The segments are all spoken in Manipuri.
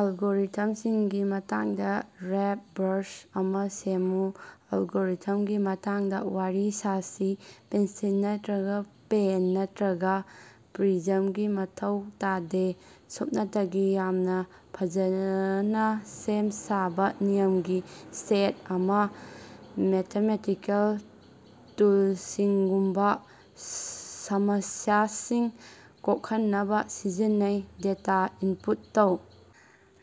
ꯑꯜꯒꯣꯔꯤꯊꯝꯁꯤꯡꯒꯤ ꯃꯇꯥꯡꯗꯥ ꯔꯦꯞ ꯕꯔꯁ ꯑꯃꯥ ꯁꯦꯝꯃꯨ꯫ ꯑꯜꯒꯣꯔꯤꯊꯝꯒꯤ ꯃꯇꯥꯡꯗꯥ ꯋꯥꯔꯤ ꯁꯥꯁꯤ, ꯄꯦꯟꯁꯤꯜ ꯅꯠꯇ꯭ꯔꯒꯥ ꯄꯦꯟ ꯅꯠꯇ꯭ꯔꯒꯥ ꯄ꯭ꯔꯤꯖꯝꯒꯤ ꯃꯊꯧ ꯇꯥꯗꯦ ꯁꯨꯞꯅꯇꯒꯤ ꯌꯥꯝꯅꯥ ꯐꯖꯅꯥ ꯁꯦꯝ ꯁꯥꯕꯥ ꯅꯤꯌꯝꯒꯤ ꯁꯦꯠ ꯑꯃꯥ, ꯃꯦꯊꯃꯦꯊꯤꯀꯦꯜ ꯇꯨꯜꯁꯤꯡꯒꯨꯝꯕꯥ ꯁꯃꯁ꯭ꯌꯥꯁꯤꯡ ꯀꯣꯛꯍꯟꯅꯕꯥ ꯁꯤꯖꯤꯟꯅꯩ꯫ ꯗꯦꯇꯥ ꯏꯟꯄꯨꯠ ꯇꯧ,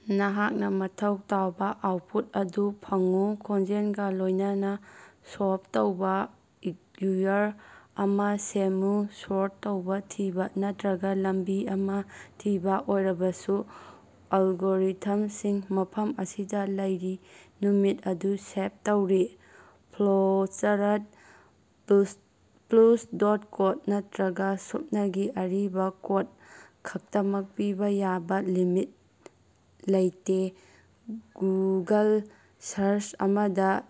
ꯅꯍꯥꯛꯅꯥ ꯃꯊꯧ ꯇꯥꯕꯥ ꯑꯥꯎꯠꯄꯨꯠ ꯑꯗꯨ ꯐꯪꯎ, ꯈꯣꯡꯖꯦꯜꯒꯥ ꯂꯣꯢꯅꯅꯥ ꯁꯣꯜꯕ ꯇꯧꯕꯥ ꯏꯛꯌꯨꯏꯌꯔ ꯑꯃꯥ ꯁꯦꯝꯃꯨ, ꯁꯣꯔꯠ ꯇꯧꯕꯥ ꯊꯤꯕꯥ ꯅꯠꯇ꯭ꯔꯒꯥ ꯂꯝꯕꯤ ꯑꯃꯥ ꯊꯤꯕꯥ ꯑꯣꯏꯔꯕꯁꯨ, ꯑꯜꯒꯣꯔꯤꯊꯝꯁꯤꯡ ꯃꯐꯝ ꯑꯁꯤꯗꯥ ꯂꯩꯔꯤ ꯅꯨꯃꯤꯠ ꯑꯗꯨ ꯁꯦꯚ ꯇꯧꯔꯤ꯫ ꯐ꯭ꯂꯣꯆꯥꯔꯠ, ꯄ꯭ꯁꯨꯗꯣꯀꯣꯗ ꯅꯠꯇ꯭ꯔꯒꯥ ꯁꯨꯞꯅꯒꯤ ꯑꯔꯤꯕꯥ ꯀꯣꯗ ꯈꯛꯇꯃꯛ ꯄꯤꯕꯥ ꯌꯥꯕꯥ ꯂꯤꯃꯤꯠ ꯂꯩꯇꯦ ꯒꯨꯒꯜ ꯁꯥꯔꯆ ꯑꯃꯗꯥ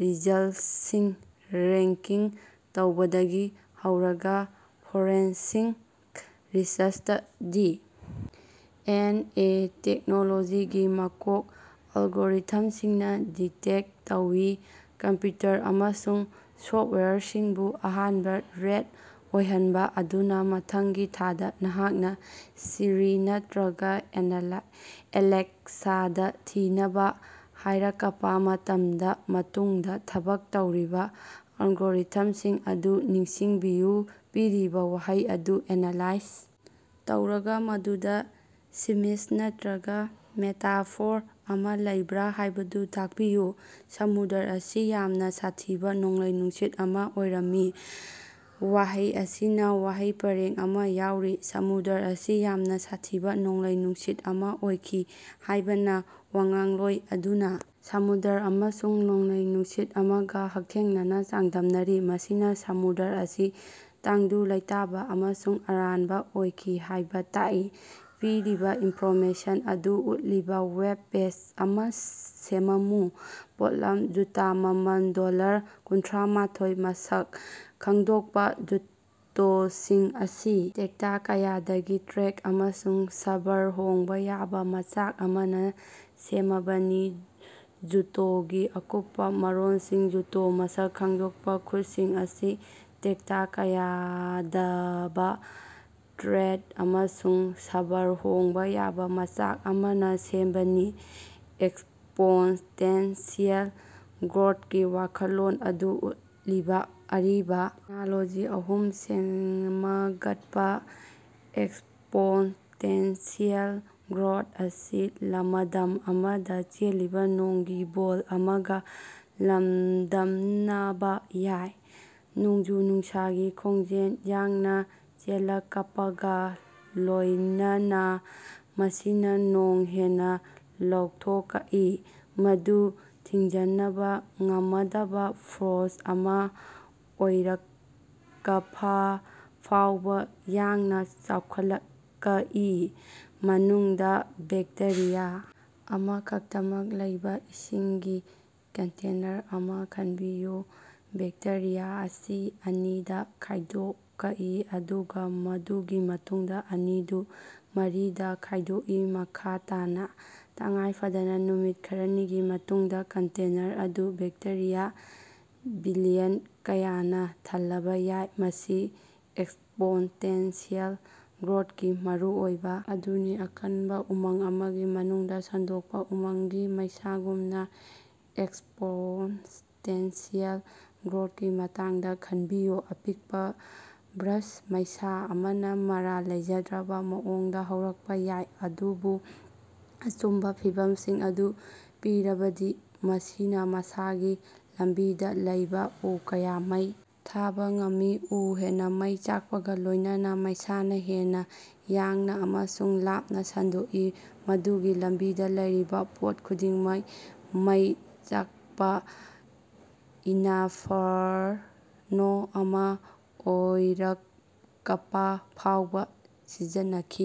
ꯔꯤꯖꯜꯇꯁꯤꯡ ꯔꯦꯡꯀꯤꯡ ꯇꯧꯕꯗꯒꯤ ꯍꯧꯔꯒꯥ ꯐꯣꯔꯦꯟꯁꯤꯛ ꯔꯤꯁꯔꯆꯇꯥ ꯗꯤ. ꯑꯦꯟ. ꯑꯦ. ꯇꯦꯛꯅꯣꯂꯣꯖꯤꯒꯤ ꯃꯀꯣꯛ ꯑꯜꯒꯣꯔꯤꯊꯝꯁꯤꯡꯅꯥ ꯗꯤꯛꯇꯦꯠ ꯇꯧꯏ, ꯀꯝꯄ꯭ꯌꯨꯇꯔ ꯑꯃꯁꯨꯡ ꯁꯣꯐꯋꯦꯌꯔꯕꯨ ꯑꯍꯥꯟꯕꯥ ꯔꯦꯠ ꯑꯣꯏꯍꯟꯕꯥ꯫ ꯑꯗꯨꯅꯥ ꯃꯊꯪꯒꯤ ꯊꯥꯗꯥ ꯅꯍꯥꯛꯅꯥ ꯁꯤꯔꯤ ꯅꯠꯇ꯭ꯔꯒꯥ ꯑꯦꯅꯂꯥ ꯑꯦꯂꯦꯛꯁꯥꯗꯥ ꯊꯤꯅꯕꯥ ꯍꯥꯢꯔꯀꯄꯥ ꯃꯇꯝꯗꯥ ꯃꯇꯨꯡꯗꯥ ꯊꯕꯛ ꯇꯧꯔꯤꯕꯥ ꯑꯜꯒꯣꯔꯤꯊꯝꯁꯤꯡ ꯑꯗꯨ ꯅꯤꯡꯁꯤꯡꯕꯤꯌꯨ꯫ ꯄꯤꯔꯤꯕꯥ ꯋꯥꯍꯩ ꯑꯗꯨ ꯑꯦꯅꯥꯂꯥꯏꯖ ꯇꯧꯔꯒꯥ ꯃꯗꯨꯗꯥ ꯁꯤꯃꯤꯁ ꯅꯠꯇ꯭ꯔꯒꯥ ꯃꯦꯇꯥꯐꯣꯔ ꯑꯃꯥ ꯂꯩꯕ꯭ꯔꯥ ꯍꯥꯢꯕꯗꯨ ꯇꯥꯛꯄꯤꯌꯨ꯫ ꯁꯃꯨꯗ꯭ꯔ ꯑꯁꯤ ꯌꯥꯝꯅꯥ ꯁꯥꯊꯤꯕꯥ ꯅꯣꯡꯂꯩ ꯅꯨꯡꯁꯤꯠ ꯑꯃꯥ ꯑꯣꯏꯔꯝꯃꯤ꯫ ꯋꯥꯍꯩ ꯑꯁꯤꯅꯥ ꯋꯥꯍꯩ ꯄꯔꯦꯡ ꯑꯃꯥ ꯌꯥꯎꯔꯤ꯫ ꯁꯃꯨꯗ꯭ꯔ ꯑꯁꯤ ꯌꯥꯝꯅꯥ ꯁꯥꯊꯤꯕꯥ ꯅꯣꯡꯂꯩ-ꯅꯨꯡꯁꯤꯠ ꯑꯃꯥ ꯑꯣꯏꯈꯤ ꯍꯥꯢꯕꯅꯥ ꯋꯥꯉꯥꯡꯂꯣꯏ ꯑꯗꯨꯅꯥ ꯁꯃꯨꯗ꯭ꯔ ꯑꯃꯁꯨꯡ ꯅꯣꯡꯂꯩ-ꯅꯨꯡꯁꯤꯠ ꯑꯃꯒꯥ ꯍꯛꯊꯦꯡꯅꯅꯥ ꯆꯥꯡꯗꯝꯅꯔꯤ ꯃꯁꯤꯅꯥ ꯁꯃꯨꯗ꯭ꯔ ꯑꯁꯤ ꯇꯪꯗꯨ ꯂꯩꯇꯥꯕꯥ ꯑꯃꯁꯨꯡ ꯑꯔꯥꯟꯕꯥ ꯑꯣꯏꯈꯤ ꯍꯥꯢꯕꯥ ꯇꯥꯛꯏ꯫ ꯄꯤꯔꯤꯕꯥ ꯏꯅꯐꯣꯔꯃꯦꯁꯟ ꯑꯗꯨ ꯎꯠꯂꯤꯕꯥ ꯋꯦꯕ ꯄꯦꯖ ꯑꯃꯥ ꯁꯦꯃꯃꯨ꯫ ꯄꯣꯠꯂꯝ: ꯖꯨꯇꯣ ꯃꯃꯜ ꯗꯣꯂꯔ ꯀꯨꯟꯊꯔ꯭ꯃꯊꯣꯢ ꯃꯁꯛ ꯈꯪꯗꯣꯛꯄꯥ: ꯖꯨꯇꯣꯁꯤꯡ ꯑꯁꯤ ꯇꯦꯛꯇ ꯀꯥꯌꯗꯕꯥ ꯇ꯭ꯔꯦꯛ ꯑꯃꯁꯨꯡ ꯁ꯭ꯕꯔ ꯍꯣꯟꯕꯥ ꯌꯥꯕꯥ ꯃꯆꯥꯛ ꯑꯃꯅꯥ ꯁꯦꯃꯕꯅꯤ꯫ꯖꯨꯇꯣꯒꯤ ꯑꯀꯨꯞꯄꯥ ꯃꯔꯣꯜꯁꯤꯡ ꯖꯨꯇꯣ ꯃꯁꯛ ꯈꯪꯗꯣꯛꯄꯥ: ꯈꯨꯠꯁꯤꯡ ꯑꯁꯤ ꯇꯦꯛꯇ ꯀꯥꯌꯗꯕꯥ ꯇ꯭ꯔꯦꯗ ꯑꯃꯁꯨꯡ ꯁ꯭ꯕꯔ ꯍꯣꯟꯕꯥ ꯌꯥꯕꯥ ꯃꯆꯥꯛ ꯑꯃꯅꯥ ꯁꯦꯝꯕꯅꯤ꯫ ꯑꯦꯛꯁꯄꯣꯟꯇꯦꯟꯁꯤꯑꯦꯜ ꯒ꯭ꯔꯣꯊꯀꯤ ꯋꯥꯈꯜꯂꯣꯟ ꯑꯗꯨ ꯎꯠꯂꯤꯕꯥ ꯑꯔꯤꯕꯥ ꯑꯦꯅꯥꯂꯣꯖꯤ ꯑꯍꯨꯝ ꯁꯦꯃꯒꯠꯄꯥ꯫ ꯑꯦꯛꯁꯄꯣꯟꯇꯦꯟꯁꯤꯑꯦꯜ ꯒ꯭ꯔꯣꯊ ꯑꯁꯤ ꯂꯃꯗꯝ ꯑꯃꯗꯥ ꯆꯦꯜꯂꯤꯕꯥ ꯅꯣꯡꯒꯤ ꯕꯣꯜ ꯑꯃꯒꯥ ꯆꯥꯡꯗꯝꯅꯕꯥ ꯌꯥꯏ꯫ ꯅꯣꯡꯖꯨ-ꯅꯨꯡꯁꯥꯒꯤ ꯈꯣꯡꯖꯦꯜ ꯌꯥꯡꯅꯥ ꯆꯦꯜꯂꯀꯄꯒꯥ ꯂꯣꯌꯅꯅꯥ ꯃꯁꯤꯅꯥ ꯅꯣꯡ ꯍꯦꯟꯅꯥ ꯂꯧꯊꯣꯀꯏ, ꯃꯗꯨ ꯊꯤꯡꯖꯤꯅꯕꯥ ꯉꯃꯗꯕꯥ ꯐꯣꯔꯁ ꯑꯃꯥ ꯑꯣꯏꯔꯀꯄꯐꯥꯎꯕꯥ ꯌꯥꯡꯅꯥ ꯆꯥꯎꯈꯠꯂꯀꯏ꯫ ꯃꯅꯨꯡꯗꯥ ꯕꯦꯛꯇꯦꯔꯤꯌꯥ ꯑꯃꯈꯛꯇꯃꯛ ꯂꯩꯕꯥ ꯏꯁꯤꯡꯒꯤ ꯀꯟꯇꯦꯅꯔ ꯑꯃꯥ ꯈꯟꯕꯤꯌꯨ꯫ ꯕꯦꯛꯇꯦꯔꯤꯌꯥ ꯑꯁꯤ ꯑꯅꯤꯗꯥ ꯈꯥꯢꯗꯣꯀꯏ, ꯑꯗꯨꯒꯥ ꯃꯗꯨꯒꯤ ꯃꯇꯨꯡꯗꯥ ꯑꯅꯤꯗꯨ ꯃꯔꯤꯗꯥ ꯈꯥꯢꯗꯣꯛꯏ, ꯃꯈꯥ ꯇꯥꯅꯥ꯫ ꯇꯉꯥꯏꯐꯗꯅꯥ ꯅꯨꯃꯤꯠ ꯈꯔꯅꯤꯒꯤ ꯃꯅꯨꯡꯗꯥ ꯀꯟꯇꯦꯅꯔ ꯑꯗꯨ ꯕꯦꯛꯇꯦꯔꯤꯌꯥ ꯕꯤꯂꯤꯌꯟ ꯀꯌꯥꯅꯥ ꯊꯜꯂꯕꯥ ꯌꯥꯏ꯫ ꯃꯁꯤ ꯑꯦꯛꯁꯄꯣꯟꯇꯦꯟꯁꯤꯑꯦꯜ ꯒ꯭ꯔꯣꯊꯀꯤ ꯃꯔꯨꯑꯣꯏꯕꯥ ꯑꯗꯨꯅꯤ꯫ ꯑꯀꯟꯕꯥ ꯎꯃꯪ ꯑꯃꯒꯤ ꯃꯅꯨꯡꯗꯥ ꯁꯟꯗꯣꯛꯄꯥ ꯎꯃꯪꯒꯤ ꯃꯩꯁꯥꯒꯨꯝꯅꯥ ꯑꯦꯛꯁꯄꯣꯟꯇꯦꯟꯁꯤꯑꯦꯜ ꯒ꯭ꯔꯣꯊꯀꯤ ꯃꯇꯥꯡꯗꯥ ꯈꯟꯕꯤꯌꯨ꯫ ꯑꯄꯤꯛꯄꯥ ꯕ꯭ꯔꯥꯁ ꯃꯩꯁꯥ ꯑꯃꯅꯥ ꯃꯔꯥꯜ ꯂꯩꯖꯗ꯭ꯔꯕꯥ ꯃꯑꯣꯡꯗꯥ ꯍꯧꯔꯛꯄꯥ ꯌꯥꯏ, ꯑꯗꯨꯕꯨ ꯑꯆꯨꯝꯕꯥ ꯐꯤꯚꯝꯁꯤꯡ ꯑꯗꯨ ꯄꯤꯔꯕꯗꯤ ꯃꯁꯤꯅꯥ ꯃꯁꯥꯒꯤ ꯂꯝꯕꯤꯗꯥ ꯂꯩꯕꯥ ꯎ ꯀꯌꯥ ꯃꯩ ꯊꯥꯕꯥ ꯉꯝꯃꯤ꯫ ꯎ ꯍꯦꯟꯅꯥ ꯃꯩ ꯆꯥꯛꯄꯒꯥ ꯂꯣꯢꯅꯅꯥ ꯃꯩꯁꯥꯅꯥ ꯍꯦꯟꯅꯥ ꯌꯥꯡꯅꯥ ꯑꯃꯁꯨꯡ ꯂꯥꯞꯅꯥ ꯁꯟꯗꯣꯛꯏ ꯃꯗꯨꯒꯤ ꯂꯝꯕꯤꯗꯥ ꯂꯩꯔꯤꯕꯥ ꯄꯣꯠ ꯈꯨꯗꯤꯡꯃꯛ ꯃꯩ ꯆꯥꯀꯄꯥ ꯏꯅꯐꯔꯅꯣ ꯑꯃꯥ ꯑꯣꯏꯔꯀꯄꯥ ꯐꯥꯎꯕꯥ ꯁꯤꯖꯤꯟꯅꯈꯤ꯫